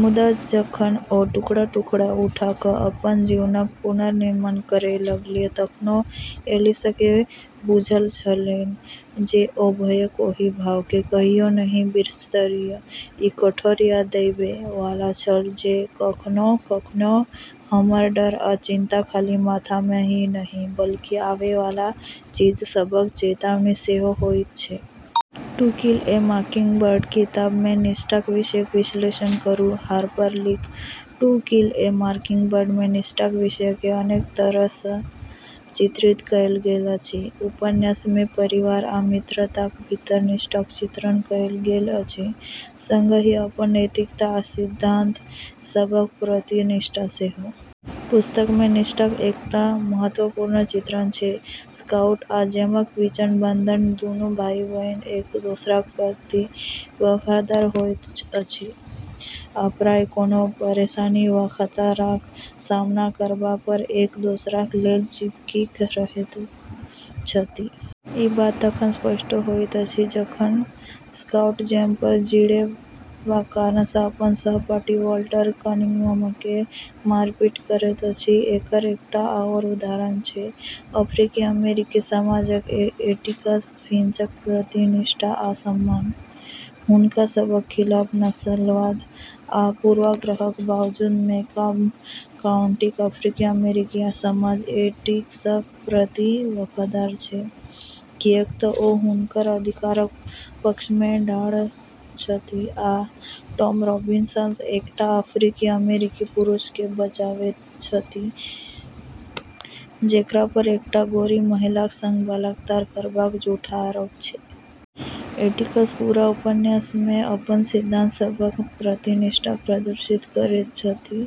मुदा जखन ओ टुकड़ा-टुकड़ा उठा कऽ अपन जीवनक पुनर्निर्माण करै लगलीह तखनो ऐलिसकेँ बुझल छलैन जे ओ भयक ओहि भावकेँ कहियो नहि बिसरतीह। ई कठोर याद देबै वाला छल जे कखनो-कखनो, हमर डर आ चिंता खाली माथामे ही नहि, बल्कि आवै वाला चीज सभक चेतावनी सेहो होइत छै। "टू किल ए मॉकिंगबर्ड" किताबमे निष्ठाक विषयक विश्लेषण करू। हार्पर लीक "टू किल ए मॉकिंगबर्ड" मे निष्ठाक विषयकेँ अनेक तरहसँ चित्रित कएल गेल अछि। उपन्यासमे परिवार आ मित्रताक भीतर निष्ठाक चित्रण कएल गेल अछि, संगहि अपन नैतिकता आ सिद्धांत सभक प्रति निष्ठा सेहो। पुस्तकमे निष्ठाक एकटा महत्वपूर्ण चित्रण छै स्काउट आ जेमक बीचक बंधन। दूनू भाइ-बहिन एक दोसराक प्रति वफादार होइत छथि, आ प्रायः कोनो परेशानी वा खतराक सामना करबापर एक दोसराक लेल चिपकि कऽ रहैत छथि। ई बात तखन स्पष्ट होइत अछि जखन स्काउट जेमपर चिढ़ैबाक कारणसँ अपन सहपाठी वाल्टर कनिंघमकेँ मारि-पीट करैत अछि। एकर एकटा आओर उदाहरण छै अफ्रीकी-अमेरिकी समाजक एटिकस फिंचक प्रति निष्ठा आ सम्मान। हुनका सभक खिलाफ नस्लवाद आ पूर्वाग्रहक बावजूद मेकॉम्ब काउंटीक अफ्रीकी-अमेरिकी समाज एटिकसक प्रति वफादार छै, किऐक तऽ ओ हुनकर अधिकारक पक्षमे ठाढ़ छथि आ टॉम रॉबिन्सन, एकटा अफ्रीकी-अमेरिकी पुरुषकेँ बचाबैत छथि, जेकरापर एकटा गोरी महिलाक संग बलात्कार करबाक झूठा आरोप छै। एटिकस पूरा उपन्यासमे अपन सिद्धांत सभक प्रति निष्ठा प्रदर्शित करैत छथि।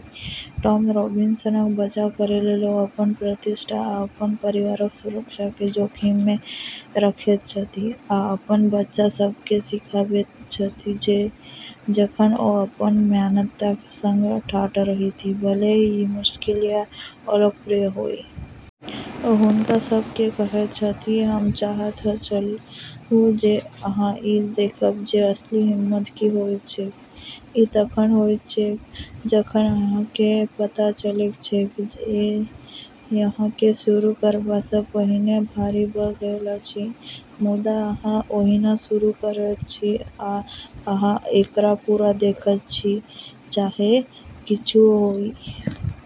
टॉम रॉबिन्सनक बचाव करैलेल ओ अपन प्रतिष्ठा, आ अपन परिवारक सुरक्षाकेँ जोखिममे रखैत छथि, आ अपन बच्चा सभकेँ सिखाबैत छथि जे जखन ओ अपन मान्यताक संग ठाढ़ रहथि, भले ही ई मुश्किल या अलोकप्रिय होइ। ओ हुनका सभकेँ कहैत छथि, "हम चाहैत छलहुँ जे अहाँ ई देखब जे असली हिम्मत की होइत छैक। ई तखन होइत छैक जखन अहाँकेँ पता चलैत छैक जे अहाँकेँ शुरू करबासँ पहिने हारि भऽ गेल अछि मुदा अहाँ ओहिना शुरू करैत छी आ अहाँ एकरा पूरा देखैत छी चाहे किछुओ होइ।"